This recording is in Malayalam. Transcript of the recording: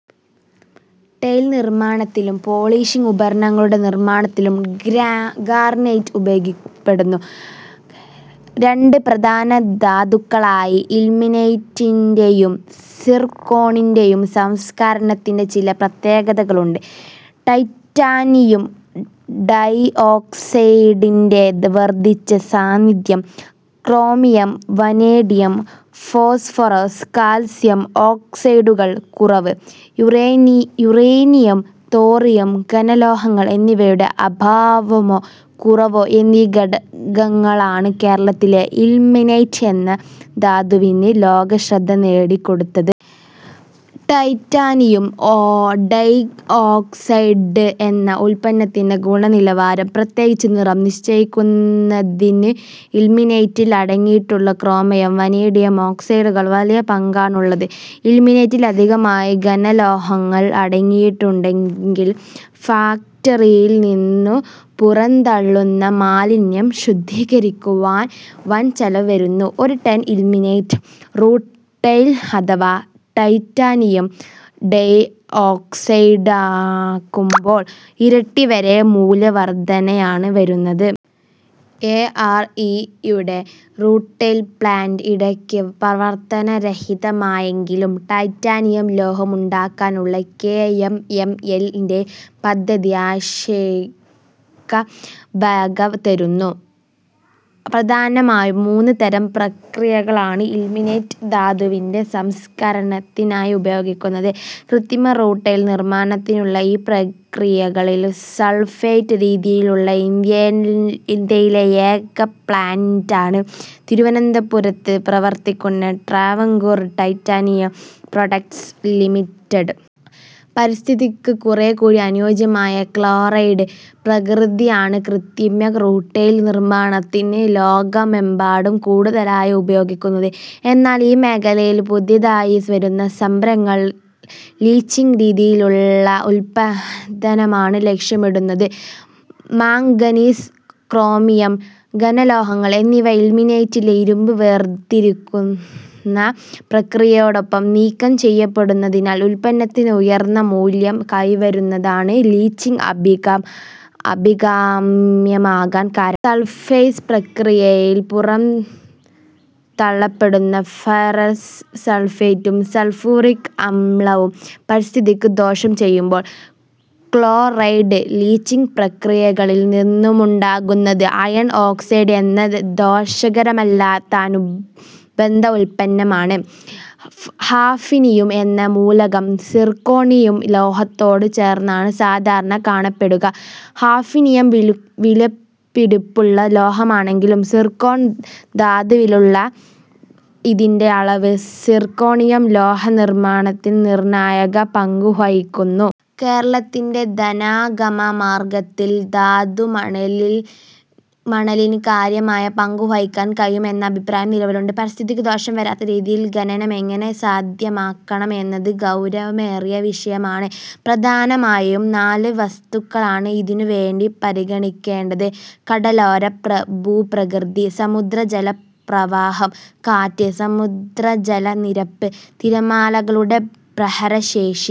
ടൈൽനിർമ്മാണത്തിലും പോളിഷിങ് ഉപകരണങ്ങളുടെ നിർമ്മാണത്തിലും ഗാർനറ്റ് ഉപയോഗിക്കപ്പെടുന്നു. രണ്ട് പ്രധാന ധാതുക്കളായ ഇൽമനൈറ്റിന്റെയും സിർക്കോണിന്റെയും സംസ്കരണത്തിൽ ചില പ്രത്യേകതകളുണ്ട്. ടൈറ്റാനിയം ഡൈഓക്സൈഡിന്റെ വർധിച്ച സാന്നിധ്യം; ക്രോമിയം, വനേഡിയം, ഫോസ്ഫറസ്, കാൽസ്യം ഓക്സൈഡുകളുടെ കുറവ്; യുറേനിയം, തോറിയം, ഘനലോഹങ്ങൾ എന്നിവയുടെ അഭാവമോ കുറവോ എന്നീ ഘടകങ്ങളാണ് കേരളത്തിലെ ഇൽമനൈറ്റ് എന്ന ധാതുവിന് ലോകശ്രദ്ധ നേടിക്കൊടുത്തത്. ടൈറ്റാനിയം ഡൈഓക്സൈഡ് എന്ന ഉത്പന്നത്തിന്റെ ഗുണനിലവാരം, പ്രത്യേകിച്ച് നിറം, നിശ്ചയിക്കുന്നതിന് ഇൽമനൈറ്റിൽ അടങ്ങിയിട്ടുള്ള ക്രോമിയം, വനേഡിയം ഓക്സൈഡുകൾക്ക് വലിയ പങ്കാണുള്ളത്. ഇൽമനൈറ്റിൽ അധികമായി ഘനലോഹങ്ങൾ അടങ്ങിയിട്ടുണ്ടെങ്കിൽ ഫാക്റ്ററിയിൽനിന്നു പുറന്തള്ളുന്ന മാലിന്യം ശുദ്ധീകരിക്കുവാൻ വൻചെലവ് വരുന്നു. ഒരു ടൺ ഇൽമനൈറ്റ്, റൂട്ടൈൽ അഥവാ ടൈറ്റാനിയം ഡൈഓക്സൈഡാക്കുമ്പോൾ ഇരട്ടി വരെ മൂല്യവർധനയാണ് വരുന്നത്. ഐ. ആർ. ഇ. യുടെ റൂട്ടൈൽ പ്ലാന്റ് ഇടയ്ക്ക് പ്രവർത്തന രഹിതമായെങ്കിലും ടൈറ്റാനിയം ലോഹം ഉണ്ടാക്കാനുള്ള കെ. എം. എം. എൽ-ന്റെ പദ്ധതി ആശയ്ക്കു വകതരുന്നു. പ്രധാനമായും മൂന്ന് തരം പ്രക്രിയകളാണ് ഇൽമനൈറ്റ് ധാതുവിന്റെ സംസ്കരണത്തിനായി ഉപയോഗിക്കുന്നത്. കൃത്രിമ റൂട്ടൈൽ നിർമ്മാണത്തിനുള്ള ഈ പ്രക്രിയകളിൽ സൾഫേറ്റ് രീതിയിലുള്ള ഇന്ത്യയിലെ ഏകപ്ലാന്റാണ് തിരുവനന്തപുരത്ത് പ്രവർത്തിക്കുന്ന ട്രാവൻകൂർ ടൈറ്റാനിയം പ്രോഡക്റ്റ്സ് ലിമിറ്റഡ്. പരിസ്ഥിതിക്ക് കുറേക്കൂടി അനുയോജ്യമായ ക്ലോറൈഡ് പ്രക്രിയയാണ് കൃത്രിമ റൂട്ടൈൽ നിർമ്മാണത്തിന് ലോകമെമ്പാടും കൂടുതലായി ഉപയോഗിക്കുന്നത്. എന്നാൽ ഈ മേഖലയിൽ പുതിയതായി വരുന്ന സംരംഭങ്ങൾ ലീച്ചിങ് രീതിയിലുള്ള ഉത്പാദനമാണ് ലക്ഷ്യമിടുന്നത്. മാങ്ഗനീസ്, ക്രോമിയം, ഘനലോഹങ്ങൾ എന്നിവ ഇൽമനൈറ്റിലെ ഇരുമ്പ് വേർതിരിക്കുന്ന പ്രക്രിയയോടൊപ്പം നീക്കം ചെയ്യപ്പെടുന്നതിനാൽ ഉത്പന്നത്തിന് ഉയർന്ന മൂല്യം കൈവരുന്നതാണ് ലീച്ചിങ് അഭികാമ്യമാകാൻ കാരണം. സൾഫേറ്റ് പ്രക്രിയയിൽ പുറന്തള്ളപ്പെടുന്ന ഫെറസ് സൾഫേറ്റും സൾഫ്യൂറിക് അമ്ലവും പരിസ്ഥിതിക്കു ദോഷം ചെയ്യുമ്പോൾ, ക്ലോറൈഡ്-ലീച്ചിങ് പ്രക്രിയകളിൽ നിന്നുമുണ്ടാകുന്നത് അയൺ ഓക്സൈഡ് എന്ന ദോഷകരമല്ലാത്ത അനുബന്ധ ഉത്പന്നമാണ്. ഹാഫ്നിയം എന്ന മൂലകം സിർക്കോണിയം ലോഹത്തോടു ചേർന്നാണ് സാധാരണ കാണപ്പെടുക. ഹാഫ്നിയം വിലപിടിപ്പുള്ള ലോഹമാണെങ്കിലും സിർക്കോൺ ധാതുവിലുള്ള ഇതിന്റെ അളവ് സിർക്കോണിയം ലോഹനിർമ്മാണത്തിൽ നിർണായക പങ്കുവഹിക്കുന്നു. കേരളത്തിന്റെ ധനാഗമ മാർഗ്ഗത്തിൽ ധാതുമണലിന് കാര്യമായ പങ്കു വഹിക്കാൻ കഴിയും എന്ന അഭിപ്രായം നിലവിലുണ്ട്. പരിസ്ഥിതിക്കു ദോഷം വരാത്ത രീതിയിൽ ഖനനം എങ്ങനെ സാധ്യമാക്കണം എന്നത് ഗൌരവമേറിയ വിഷയമാണ്. പ്രധാനമായും നാല് വസ്തുതകളാണ് ഇതിനുവേണ്ടി പരിഗണിക്കേണ്ടത്: കടലോര ഭൂപ്രകൃതി, സമുദ്രജല പ്രവാഹം, കാറ്റ്, സമുദ്രജല നിരപ്പ്, തിരമാലകളുടെ പ്രഹരശേഷി